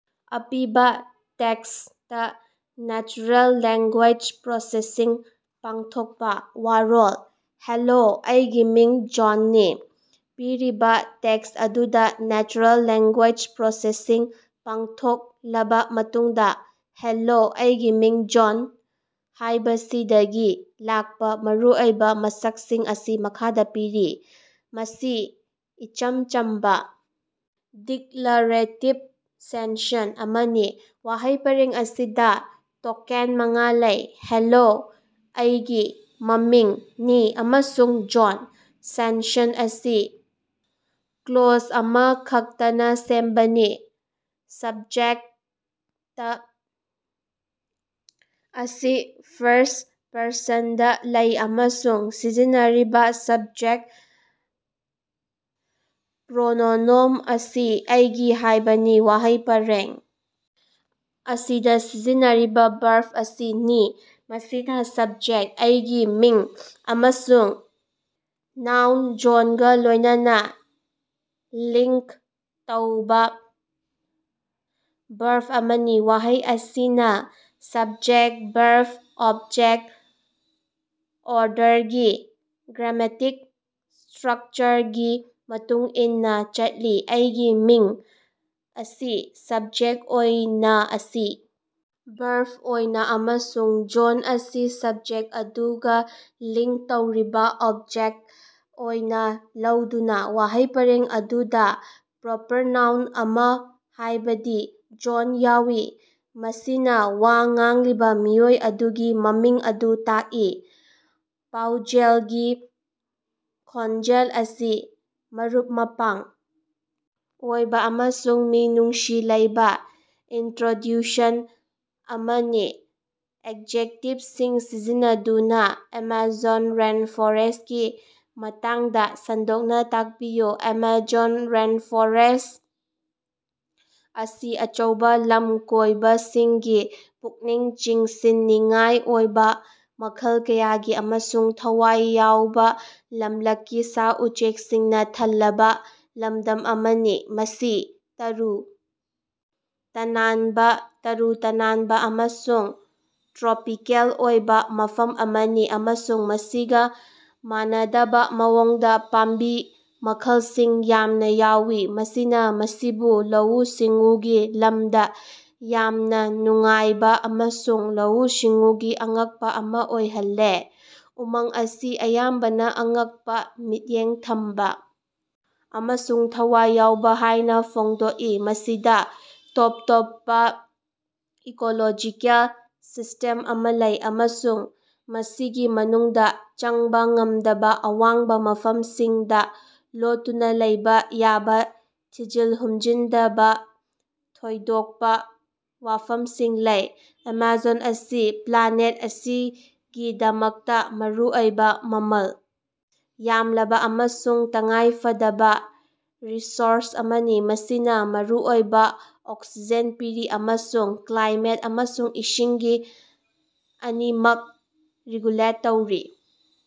ꯑꯄꯤꯕ: text natural language processing ꯄꯥꯡꯊꯣꯛꯄ꯫ ꯋꯥꯔꯣꯜ: ꯍꯦꯜꯂꯣ, ꯑꯩꯒꯤ ꯃꯤꯡ ꯖꯣꯟꯅꯤ꯫ ꯄꯤꯔꯤꯕ ꯇꯦꯛꯁ ꯑꯗꯨꯗ ꯅꯦꯆꯔꯦꯜ ꯂꯦꯉ꯭ꯒꯨꯌꯦꯖ ꯄ꯭ꯔꯣꯁꯦꯁꯤꯡ ꯄꯥꯡꯊꯣꯛꯂꯕ ꯃꯇꯨꯡꯗ, "ꯍꯦꯂꯣ, ꯑꯩꯒꯤ ꯃꯤꯡ ꯖꯣꯟ" ꯍꯥꯏꯕꯁꯤꯗꯒꯤ ꯂꯥꯛꯄ ꯃꯔꯨꯑꯣꯏꯕ ꯃꯁꯛꯁꯤꯡ ꯑꯁꯤ ꯃꯈꯥꯗ ꯄꯤꯔꯤ: ꯃꯁꯤ ꯏꯆꯝ ꯆꯝꯕ ꯗꯤꯛꯂꯥꯔꯦꯇꯤꯕ ꯁꯦꯟꯁꯟ ꯑꯃꯅꯤ꯫ ꯋꯥꯍꯩ ꯄꯔꯦꯡ ꯑꯁꯤꯗ ꯇꯣꯀꯦꯟ ꯃꯉꯥ ꯂꯩ: "ꯍꯦꯂꯣ", "ꯑꯩꯒꯤ", "ꯃꯃꯤꯡ", "ꯅꯤ", ꯑꯃꯁꯨꯡ "ꯖꯣꯟ" ꯁꯦꯟꯁꯟ ꯑꯁꯤ ꯀ꯭ꯂꯣꯖ ꯑꯃꯈꯛꯇꯅ ꯁꯦꯝꯕꯅꯤ꯫ ꯁꯕꯖꯦꯛꯇ ꯑꯁꯤ ꯐꯥꯔꯁ꯭ꯠ-ꯄꯔꯁꯟꯗ ꯂꯩ ꯑꯃꯁꯨꯡ ꯁꯤꯖꯤꯟꯅꯔꯤꯕ ꯁꯕꯖꯦꯛꯇ ꯄ꯭ꯔꯣꯅꯣꯅꯣꯝ ꯑꯁꯤ "ꯑꯩꯒꯤ" ꯍꯥꯏꯕꯅꯤ꯫ ꯋꯥꯍꯩ ꯄꯔꯦꯡ ꯑꯁꯤꯗ ꯁꯤꯖꯤꯟꯅꯔꯤꯕ ꯚꯥ꯭ꯔꯕ ꯑꯁꯤ "ꯅꯤ", ꯃꯁꯤꯅ ꯁꯕ꯭ꯖꯦꯛ "ꯑꯩꯒꯤ ꯃꯤꯡ" ꯑꯃꯁꯨꯡ ꯅ꯭ꯌꯨꯟ "ꯖꯣꯟ"ꯒ ꯂꯣꯏꯅꯅ ꯂꯤꯉ꯭ꯛ ꯇꯧꯕ ꯚꯥꯔꯕ ꯑꯃꯅꯤ ꯋꯥꯍꯩ ꯑꯁꯤꯅ ꯁꯕꯖꯦꯛ -ꯚꯥꯔꯕ-ꯑꯣꯕꯖꯦꯛ ꯑꯣꯔꯗꯔꯒꯤ ꯒ꯭ꯔꯥꯃꯦꯇꯤꯛ ꯁ꯭ꯇꯔꯛꯆꯔꯒꯤ ꯃꯇꯨꯡ ꯏꯟꯅ ꯆꯠꯂꯤ꯫ "ꯑꯩꯒꯤ ꯃꯤꯡ" ꯑꯁꯤ ꯁꯕꯖꯦꯛ ꯑꯣꯏꯅ ꯑꯁꯤ ꯚꯥꯔꯕ ꯑꯣꯏꯅ, ꯑꯃꯁꯨꯡ "ꯖꯣꯟ" ꯑꯁꯤ ꯁꯕꯖꯦꯛ ꯑꯗꯨꯒ ꯂꯤꯉ꯭ꯛ ꯇꯧꯔꯤꯕ ꯑꯣꯕꯖꯦꯛꯇ ꯑꯣꯏꯅ ꯂꯧꯗꯨꯅ꯫ ꯋꯥꯍꯩ ꯄꯔꯦꯡ ꯑꯗꯨꯗ ꯄ꯭ꯔꯣꯄꯔ ꯅꯥꯎꯟ ꯑꯃ ꯍꯥꯏꯕꯗꯤ "ꯖꯣꯟ" ꯌꯥꯎꯏ꯫ ꯃꯁꯤꯅ ꯋꯥ ꯉꯥꯡꯂꯤꯕ ꯃꯤꯑꯣꯏ ꯑꯗꯨꯒꯤ ꯃꯃꯤꯡ ꯑꯗꯨ ꯇꯥꯛꯏ꯫ ꯄꯥꯎꯖꯦꯜꯒꯤ ꯈꯣꯟꯖꯦꯜ ꯑꯁꯤ ꯃꯔꯨꯞ-ꯃꯄꯥꯡ ꯑꯣꯏꯕ ꯑꯃꯁꯨꯡ ꯃꯤꯅꯨꯡꯁꯤ ꯂꯩꯕ ꯏꯟꯇ꯭ꯔꯣꯗ꯭ꯌꯨꯁꯟ ꯑꯃꯅꯤ꯫ ꯑꯦꯖꯦꯛꯇꯤꯚꯁꯤꯡ ꯁꯤꯖꯤꯟꯅꯗꯨꯅꯥ ꯑꯦꯃꯥꯖꯣꯟ ꯔꯦꯟꯐꯣꯔꯦꯁ꯭ꯠꯀꯤ ꯃꯇꯥꯡꯗ ꯁꯟꯗꯣꯛꯅ ꯇꯥꯛꯄꯤꯌꯨ꯫ ꯑꯦꯃꯥꯖꯣꯟ ꯔꯦꯟꯐ꯭ꯣꯔꯦꯁ꯭ꯠ ꯑꯁꯤ ꯑꯆꯧꯕ ꯂꯝꯀꯣꯏꯕꯁꯤꯡꯒꯤ ꯄꯨꯛꯅꯤꯡ ꯆꯤꯡꯁꯤꯟꯅꯤꯡꯉꯥꯏ ꯑꯣꯏꯕ ꯃꯈꯜ ꯀꯌꯥꯒꯤ ꯑꯃꯁꯨꯡ ꯊꯋꯥꯏ ꯌꯥꯎꯕ ꯂꯝꯂꯛꯀꯤ ꯁꯥ-ꯎꯆꯦꯛꯁꯤꯡꯅ ꯊꯜꯂꯕ ꯂꯝꯗꯝ ꯑꯃꯅꯤ꯫ ꯃꯁꯤ ꯇꯔꯨ ꯇꯅꯥꯟꯕ, ꯇꯔꯨ ꯇꯅꯥꯟꯕ ꯑꯃꯁꯨꯡ ꯇ꯭ꯔꯣꯄꯤꯀꯦꯜ ꯑꯣꯏꯕ ꯃꯐꯝ ꯑꯃꯅꯤ ꯑꯃꯁꯨꯡ ꯃꯁꯤꯒ ꯃꯥꯟꯅꯗꯕ ꯃꯑꯣꯡꯗ ꯄꯥꯝꯕꯤ ꯃꯈꯜꯁꯤꯡ ꯌꯥꯝꯅ ꯌꯥꯎꯏ꯫ ꯃꯁꯤꯅ ꯃꯁꯤꯕꯨ ꯂꯧꯎ-ꯁꯤꯡꯎꯒꯤ ꯂꯝꯗ ꯌꯥꯝꯅ ꯅꯨꯡꯉꯥꯏꯕ ꯑꯃꯁꯨꯡ ꯂꯧꯎ-ꯁꯤꯡꯎꯒꯤ ꯑꯉꯛꯄ ꯑꯃ ꯑꯣꯏꯍꯜꯂ‌ꯦ꯫ ꯎꯃꯪ ꯑꯁꯤ ꯑꯌꯥꯝꯕꯅ ꯑꯉꯛꯄ, ꯃꯤꯠꯌꯦꯡ ꯊꯝꯕ ꯑꯃꯁꯨꯡ ꯊꯋꯥꯏ ꯌꯥꯎꯕ ꯍꯥꯏꯅ ꯐꯣꯡꯗꯣꯛꯏ꯫ ꯃꯁꯤꯗ ꯇꯣꯞ ꯇꯣꯞꯄ ꯏꯀꯣꯂꯣꯖꯤꯀꯦꯜ ꯁꯤꯁ꯭ꯇꯦꯝ ꯑꯃꯥ ꯂꯩ꯫ ꯑꯃꯁꯨꯡ ꯃꯁꯤꯒꯤ ꯃꯅꯨꯡꯗ ꯆꯪꯕ ꯉꯝꯗꯕ ꯑꯋꯥꯡꯕ ꯃꯐꯝꯁꯤꯡꯗ ꯂꯣꯠꯇꯨꯅ ꯂꯩꯕ ꯌꯥꯕ ꯊꯤꯖꯤꯟ ꯍꯨꯝꯖꯤꯟꯗꯕ ꯊꯣꯏꯗꯣꯛꯄ ꯋꯥꯐꯝꯁꯤꯡ ꯂꯩ꯫ ꯑꯦꯃꯥꯖꯣꯟ ꯑꯁꯤ ꯄ꯭ꯂꯥꯅꯦꯠ ꯑꯁꯤꯒꯤꯗꯃꯛꯇ ꯃꯔꯨꯑꯣꯏꯕ ꯃꯃꯜ ꯌꯥꯝꯂꯕ ꯑꯃꯁꯨꯡ ꯇꯉꯥꯏ ꯐꯗꯕ ꯔꯤꯁꯣꯔꯁ ꯑꯃꯅꯤ꯫ ꯃꯁꯤꯅ ꯃꯔꯨꯑꯣꯏꯕ ꯑꯣꯛꯁꯤꯖꯦꯟ ꯄꯤꯔꯤ꯫ ꯑꯃꯁꯨꯡ ꯀ꯭ꯂꯥꯏꯃꯦꯠ ꯑꯃꯁꯨꯡ ꯏꯁꯤꯡꯒꯤ ꯑꯅꯤꯃꯛ ꯔꯤꯒꯨꯂꯦꯠ ꯇꯧꯔꯤ꯫